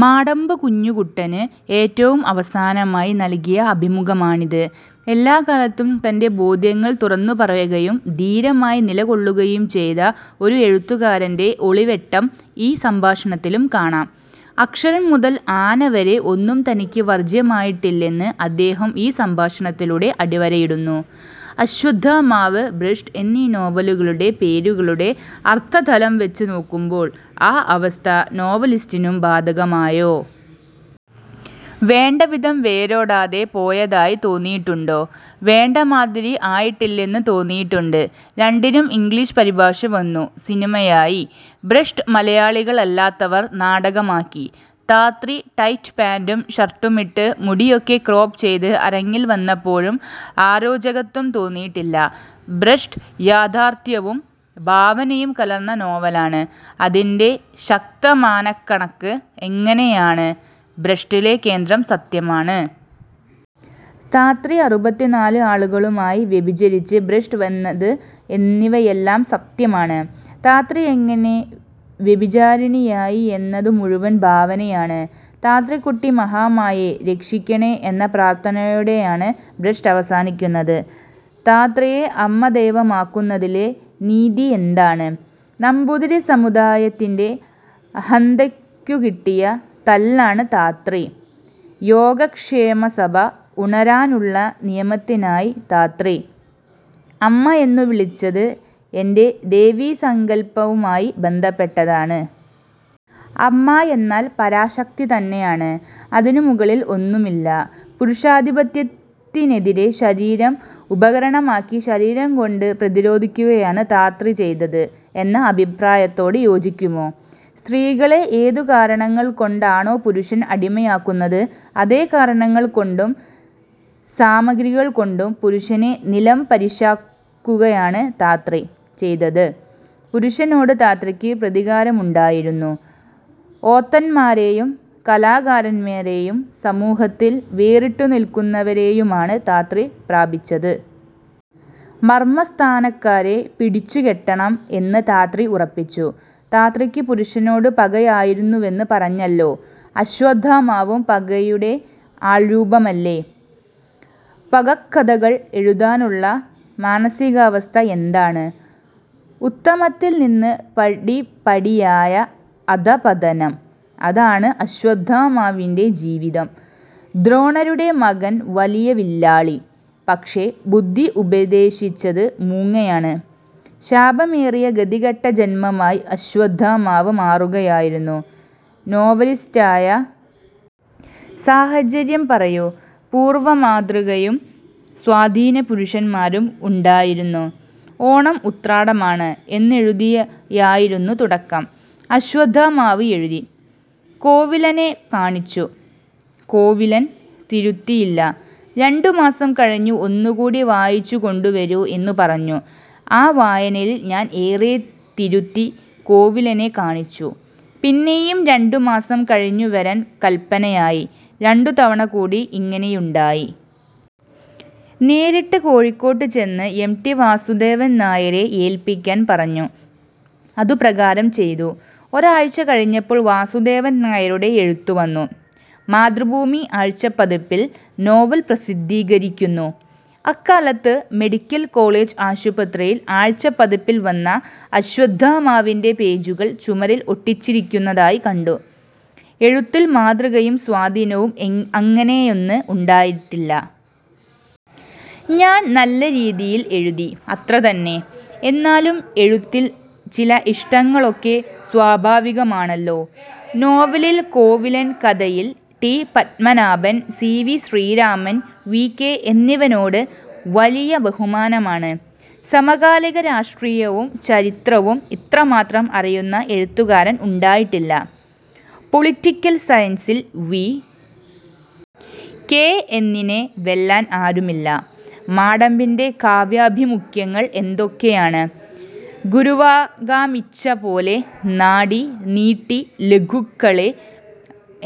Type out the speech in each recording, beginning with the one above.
മാടമ്പ് കുഞ്ഞുകുട്ടന് ഏറ്റവും അവസാനമായി നൽകിയ അഭിമുഖമാണിത്. എല്ലാകാലത്തും തന്റെ ബോധ്യങ്ങൾ തുറന്നുപറയുകയും ധീരമായി നിലകൊള്ളുകയും ചെയ്ത ഒരു എഴുത്തുകാരന്റെ ഒളിവെട്ടം ഈ സംഭാഷണത്തിലും കാണാം. അക്ഷരം മുതൽ ആന വരെ ഒന്നും തനിക്ക് വർജ്യമായിട്ടില്ലെന്ന് അദ്ദേഹം ഈ സംഭാഷണത്തിലൂടെ അടിവരയിടുന്നു. അശ്വത്ഥാമാവ്, ഭ്രഷ്ട് എന്നീ നോവലുകളുടെ പേരുകളുടെ അർഥതലംവെച്ച് നോക്കുമ്പോൾ ആ അവസ്ഥ നോവലിസ്റ്റിനും ബാധകമായോ. വേണ്ടവിധം വേരോടാതെ പോയതായി തോന്നിയിട്ടുണ്ടോ. വേണ്ടമാതിരി ആയിട്ടില്ലെന്ന് തോന്നിയിട്ടുണ്ട്. രണ്ടിനും ഇംഗ്ലീഷ് പരിഭാഷ വന്നു. സിനിമയായി. ഭ്രഷ്ട് മലയാളികളല്ലാത്തവർ നാടകമാക്കി. താത്രി ടൈറ്റ് പാന്റും ഷർട്ടുമിട്ട് മുടിയൊക്കെ ക്രോപ്പ് ചെയ്ത് അരങ്ങിൽ വന്നപ്പോഴും അരോചകത്വം തോന്നിയില്ല. ഭ്രഷ്ട് യാഥാർഥ്യവും ഭാവനയും കലർന്ന നോവലാണ്. അതിന്റെ ശതമാനക്കണക്ക് എങ്ങനെയാണ്. ഭ്രഷ്ടിലെ കേന്ദ്രം സത്യമാണ്. താത്രി അറുപത്തിനാല് ആളുകളുമായി വ്യഭിചരിച്ചത്, ഭ്രഷ്ട് വന്നത് എന്നിവയെല്ലാം സത്യമാണ്. താത്രി എങ്ങനെ വ്യഭിചാരിണിയായി എന്നതുമുഴുവൻ ഭാവനയാണ്. താത്രിക്കുട്ടി മഹാമായേ. രക്ഷിക്കണേ എന്ന പ്രാർഥനയോടെയാണ് ഭ്രഷ്ട് അവസാനിക്കുന്നത്. താത്രിയെ അമ്മദൈവമാക്കുന്നതിലെ നീതി എന്താണ്. നമ്പൂതിരിസമുദായത്തിന്റെ അഹന്തയ്ക്കുകിട്ടിയ തല്ലാണ് താത്രി. യോഗക്ഷേമസഭ ഉണരാനുള്ള നിമിത്തമായി താത്രി. അമ്മ എന്നു വിളിച്ചത് എന്റെ ദേവീസങ്കൽപവുമായി ബന്ധപ്പെട്ടതാണ്. അമ്മ എന്നാൽ പരാശക്തി തന്നെയാണ്. അതിനുമുകളിൽ ഒന്നുമില്ല. പുരുഷാധിപത്യത്തിനെതിരെ ശരീരം ഉപകരണമാക്കി ശരീരംകൊണ്ട് പ്രതിരോധിക്കുകയാണ് താത്രി ചെയ്തത് എന്ന അഭിപ്രായത്തോട് യോജിക്കുമോ. സ്ത്രീകളെ ഏതുകാരണങ്ങൾകൊണ്ടാണോ പുരുഷൻ അടിമയാക്കുന്നത് അതേ കാരണങ്ങൾകൊണ്ടും സാമഗ്രികൾകൊണ്ടും പുരുഷനെ നിലംപരിശാക്കുകയാണ് താത്രി ചെയ്തത്. പുരുഷനോട് താത്രിക്ക് പ്രതികാരമുണ്ടായിരുന്നു. ഓത്തന്മാരെയും കലാകാരന്മാരെയും സമൂഹത്തിൽ വേറിട്ടുനിൽക്കുന്നവരെയുമാണ് താത്രി പ്രാപിച്ചത്. മർമസ്ഥാനക്കാരെ പിടിച്ചുകെട്ടണം എന്ന് താത്രി ഉറപ്പിച്ചു. താത്രിക്ക് പുരുഷനോട് പകയായിരുന്നുവെന്ന് പറഞ്ഞല്ലോ. അശ്വത്ഥാമാവും പകയുടെ ആൾരൂപമല്ലേ. പകക്കഥകൾ എഴുതാനുള്ള മാനസികാവസ്ഥ എന്താണ്. ഉത്തമത്തിൽനിന്ന് പടിപടിയായ അധഃപതനം. അതാണ് അശ്വത്ഥാമാവിന്റെ ജീവിതം. ദ്രോണരുടെ മകൻ, വലിയ വില്ലാളി. പക്ഷേ ബുദ്ധി ഉപദേശിച്ചത് മൂങ്ങയാണ്. ശാപംപേറി ഗതികെട്ട ജന്മമായി അശ്വത്ഥാമാവ് മാറുകയായിരുന്നു. നോവലിസ്റ്റായ സാഹചര്യം പറയൂ. പൂർവമാതൃകയും സ്വാധീനപുരുഷന്മാരും ഉണ്ടായിരുന്നോ. ഓണം ഉത്രാടമാണ് എന്നെഴുതിയായിരുന്നു തുടക്കം. അശ്വത്ഥാമാവ് എഴുതി. കോവിലനെ കാണിച്ചു. കോവിലൻ തിരുത്തിയില്ല. രണ്ടുമാസം കഴിഞ്ഞ് ഒന്നുകൂടി വായിച്ചുകൊണ്ടുവരൂ എന്നുപറഞ്ഞു. ആ വായനയിൽ ഞാൻ ഏറെ തിരുത്തി കോവിലനെ കാണിച്ചു. പിന്നെയും രണ്ടുമാസം കഴിഞ്ഞുവരാൻ കല്പനയായി. ഒരു തവണകൂടി ഇങ്ങനെയുണ്ടായി. നേരിട്ട് കോഴിക്കോട്ടുചെന്ന് എം. ടി. വാസുദേവൻ നായരെ ഏൽപ്പിക്കാൻ പറഞ്ഞു. അതുപ്രകാരം ചെയ്തു. ഒരാഴ്ച കഴിഞ്ഞപ്പോൾ വാസുദേവൻ നായരുടെ എഴുത്തുവന്നു. മാതൃഭൂമി ആഴ്ചപ്പതിപ്പിൽ നോവൽ പ്രസിദ്ധീകരിക്കുന്നു. അക്കാലത്ത് മെഡിക്കൽ കോളേജ് ആശുപത്രിയിൽ ആഴ്ചപ്പതിപ്പിൽ വന്ന അശ്വത്ഥാമാവിന്റെ പേജുകൾ ചുമരിൽ ഒട്ടിച്ചിരിക്കുന്നതായി കണ്ടു. എഴുത്തിൽ മാതൃകയും സ്വാധീനവും അങ്ങനെയൊന്ന് ഉണ്ടായിട്ടില്ല. ഞാൻ നല്ല രീതിയിൽ എഴുതി. അത്രതന്നെ. എന്നാലും എഴുത്തിൽ ചില ഇഷ്ടങ്ങളൊക്കെ സ്വാഭാവികമാണല്ലോ. നോവലിൽ കോവിലൻ, കഥയിൽ T. Padmanabhan, C. V. Sreeraman. V. K. എന്നിനോട് വലിയ ബഹുമാനമാണ്. സമകാലിക രാഷ്ട്രീയവും ചരിത്രവും ഇത്രമാത്രം അറിയുന്ന എഴുത്തുകാരൻ ഉണ്ടായിട്ടില്ല. പൊളിറ്റിക്കൽ സറ്റയറിൽ വി. കെ. എന്നിനെ വെല്ലാൻ ആരുമില്ല. മാടമ്പിന്റെ കാവ്യാഭിമുഖ്യങ്ങൾ എന്തൊക്കെയാണ്. ഗുരുവാകാമിച്ഛപോലെ നാടി നീട്ടി ലഘുക്കളെ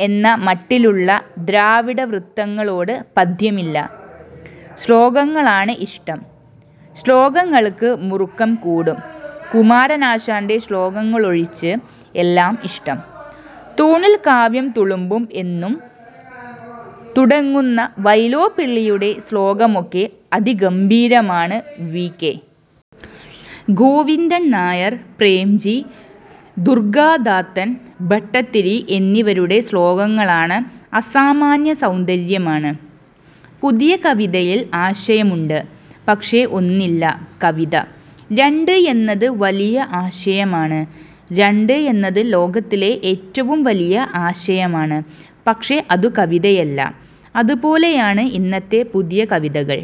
എന്ന മട്ടിലുള്ള ദ്രാവിഡ വൃത്തങ്ങളോട് പഥ്യമില്ല. ശ്ലോകങ്ങളാണ് ഇഷ്ടം. ശ്ലോകങ്ങൾക്ക് മുറുക്കം കൂടും. കുമാരനാശാന്റെ ശ്ലോകങ്ങളൊഴിച്ച് എല്ലാം ഇഷ്ടം. തൂണിൽ കാവ്യം തുളുമ്പും എന്നു തുടങ്ങുന്ന വൈലോപ്പിള്ളിയുടെ ശ്ലോകമൊക്കെ അതിഗംഭീരമാണ്. വി. കെ. ഗോവിന്ദൻ നായർ, പ്രേംജി, ദുർഗാദത്തൻ ഭട്ടതിരി എന്നിവരുടെ ശ്ലോകങ്ങൾക്ക് അസാമാന്യ സൗന്ദര്യമാണ്. പുതിയ കവിതയിൽ ആശയമുണ്ട്. പക്ഷേ ഒന്നില്ല. കവിത. രണ്ട് എന്നത് വലിയ ആശയമാണ്. രണ്ട് എന്നത് ലോകത്തിലെ ഏറ്റവും വലിയ ആശയമാണ്. പക്ഷേ അതു കവിതയല്ല. അതുപോലെയാണ് ഇന്നത്തെ പുതിയ കവിതകൾ.